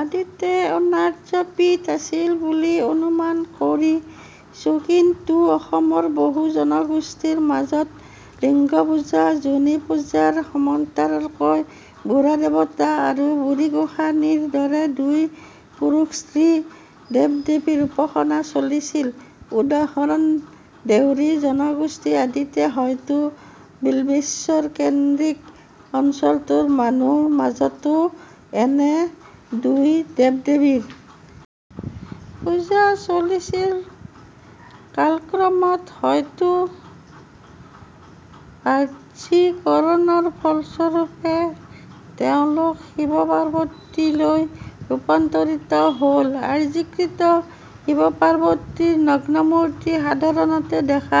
আদিতে অনাৰ্যপীঠ আছিল বুলি অনুমান কৰিছোঁকিন্তু অসমৰ বহু জনগোষ্ঠীৰ মাজত লিংগপূজা যোনিপূজাৰ সমান্তৰালকৈ বুঢ়াদেৱতা আৰু বুঢ়ীগোসাঁনীৰ দৰে দুই পুৰুষস্ত্ৰী দেৱদেৱীৰ উপাসনা চলিছিলউদাহৰণ দেউৰী জনগোষ্ঠীআদিতে হয়তো বিল্বেশ্বৰ কেন্দ্ৰিক অঞ্চলটোৰ মানুহৰ মাজতো এনে দুই দেৱদেৱীৰ পূজা চলিছিলকালক্ৰমত হয়তো আৰ্যীকৰণৰ ফলস্বৰূপে তেওঁলোক শিৱপাৰ্বতীলৈ ৰূপান্তৰিত হলআৰ্যীকৃত শিৱপাৰ্বতীৰ নগ্নমূৰ্তি সাধাৰণতে দেখা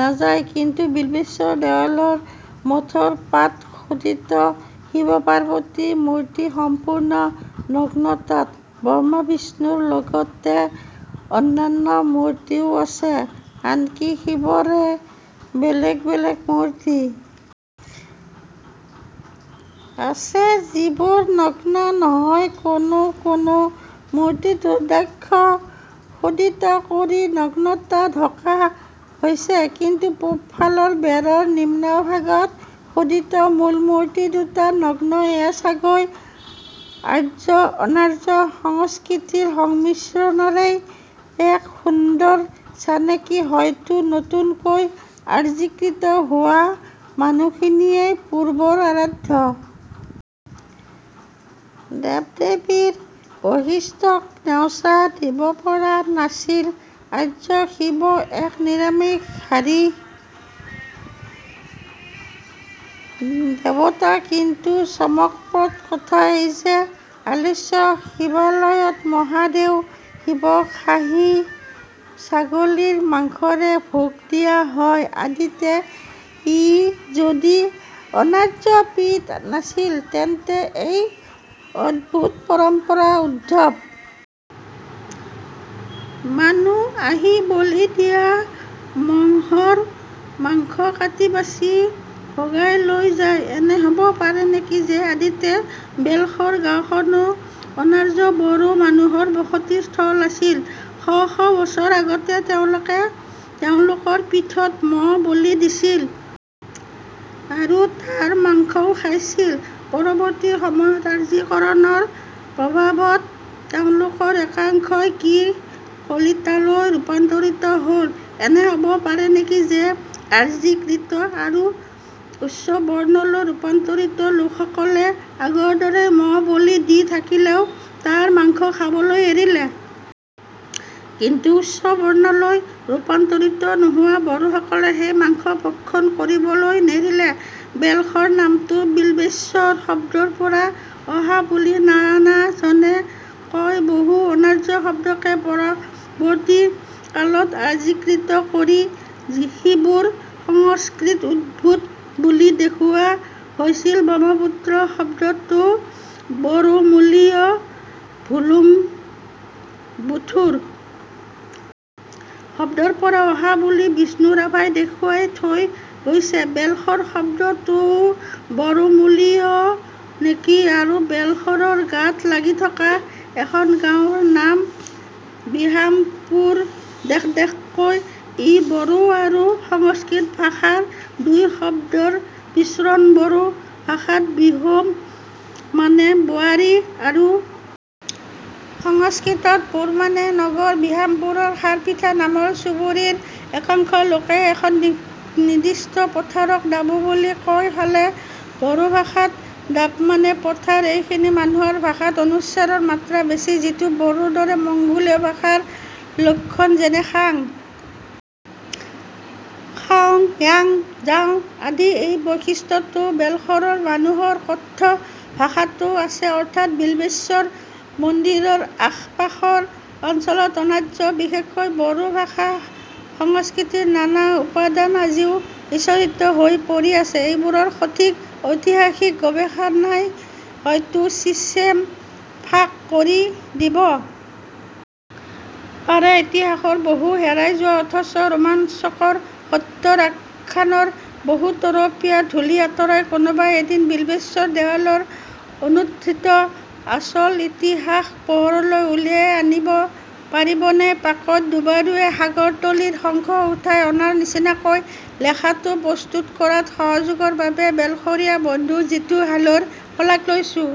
নাযায়কিন্তু বিল্বেশ্বৰ দেৱালয়ৰ মঠৰ গাত খোদিত শিৱপাৰ্বতী মূৰ্তি সম্পূৰ্ণ নগ্নতাত ব্ৰহ্মাবিষ্ণুৰ লগতে অন্যান্য মূৰ্তিও আছে আনকি শিৱৰে বেলেগ বেলেগ মূৰ্তি আছে যিবোৰ নগ্ন নহয়কোনো কোনো মূৰ্তিত ৰূদ্ৰাক্ষ খোদিত কৰি নগ্নতা ঢকা হৈছেকিন্তু পূবফালৰ বেৰৰ নিম্নভাগত খোদিত মূল মূৰ্তি দুটা নগ্নএয়া চাগৈ আৰ্যঅনাৰ্য সংস্কৃতিৰ সংমিশ্ৰণৰেই এক সুন্দৰ চানেকিহয়তো নতুনকৈ আৰ্যীকৃত হোৱা মানুহখিনিয়ে পূৰ্বৰ আৰাধ্য দেৱদেৱীৰ বৈশিষ্ট্যক নেওচা দিব পৰা নাছিলআৰ্য শিৱ এক নিৰামিষাহাৰী দেৱতাকিন্তু চমকপ্ৰদ কথা এই যে আলোচ্য শিৱালয়ত মহাদেউ শিৱক খাহী ছাগলীৰ মাংসৰে ভোগ দিয়া হয়আদিতে ই যদি অনাৰ্যপীঠ নাছিল তেন্তে এই অদ্ভুত পৰম্পৰাৰ উদ্ভৱ মানুহ আহি বলি দিয়া মহৰ মাংস কাটিবাছি ভগাই লৈ যায়এনে হব পাৰে নেকি যে আদিতে বেলশৰ গাওঁখনো অনাৰ্য বড়ো মানুহৰ বসতি স্থল আছিল শ শ বছৰ আগতে তেওঁলোকে তেওঁলোকৰ পীঠত মহ বলি দিছিল আৰু তাৰ মাংসও খাইছিল পৰৱৰ্তী সময়ত আৰ্যীকৰণৰ প্ৰভাৱত তেওঁলোকৰ একাংশই কি কলিতালৈ ৰূপান্তৰিত হল এনে হব পাৰে নেকি যে আৰ্যীকৃত আৰু উচ্চবৰ্ণলৈ ৰূপান্তৰিত লোকসকলে আগৰদৰেই মহ বলি দি থাকিলেও তাৰ মাংস খাবলৈ এৰিলে কিন্তু উচ্চবৰ্ণলৈ ৰূপান্তৰিত নোহোৱা বড়োসকলে সেই মাংস ভক্ষণ কৰিবলৈ নেৰিলে বেলশৰ নামটো বিল্বেশ্বৰ শব্দৰ পৰা অহা বুলি নানাজনে কয়বহু অনাৰ্য শব্দকে পৰৱৰ্তী কালত আৰ্যীকৃত কৰি সিবোৰক সংস্কৃতউদ্ভুত বুলি দেখুওৱা হৈছিলব্ৰহ্মপুত্ৰ শব্দটো বড়োমূলীয় ভুল্লুংবুথুৰ শব্দৰ পৰা অহা বুলি বিষ্ণুৰাভাই দেখুৱাই থৈ গৈছেবেলশৰ শব্দটোৱো বড়োমূলীয় নেকি বাৰু বেলশৰৰ গাতে লাগি থকা এখন গাঁৱৰ নাম বিহামপুৰদেখদেখকৈ ই বড়ো আৰু সংস্কৃত ভাষাৰ দুই শব্দৰ মিশ্ৰণবড়ো ভাষাত বিহম মানে বোৱাৰী আৰু সংস্কৃতত পুৰ মানে নগৰবিহামপুৰৰ খাৰশিঠা নামৰ চুবুৰীৰ একাংশ লোকে এখন নিৰ্দিষ্ট পথাৰক দাবো বুলি কয়ইফালে বড়ো ভাষাত দাব মানে পথাৰ এইখিনি মানুহৰ ভাষাত অনুস্বাৰৰ মাত্ৰা বেছি যিটো বড়োৰ দৰে মংগোলীয় ভাষাৰ লক্ষণযেনে খাং খাওঁ যাং যাওঁ আদিএই বৈশিষ্ট্যটো বেলশৰৰ মানুহৰ কথ্য ভাষাতো আছেঅৰ্থাৎ বিল্বেশ্বৰ মন্দিৰৰ আশপাশৰ অঞ্চলত অনাৰ্য বিশেষকৈ বড়ো ভাষাসংস্কৃতিৰ নানা উপাদান আজিও সিঁচৰতি হৈ পৰি আছেএইবোৰৰ সঠিক ঐতিহাসিক গৱেষণাই হয়তো চিচেম ফাক কৰি দিব পাৰে ইতিহাসৰ বহু হেৰাই যোৱা অথচ ৰোমাঞ্চকৰ সত্যৰআখ্যানৰ বহু তৰপীয়া ধূলি আঁতৰাই কোনোবাই এদিন বিল্বেশ্বৰ দেৱালয়ৰ অনুদ্ধৃত আচল ইতিহাস পোহৰলৈ উলিয়াই আনিব পাৰিবনে পাকৈত ডুবাৰুৱে সাগৰতলিৰ শংখ উঠাই অনাৰ নিচিনাকৈ লেখাটো প্ৰস্তুত কৰাত সহযোগৰ বাবে বেলশৰীয়া বন্ধু জিতু হালৈৰ শলাগ লৈছোঁ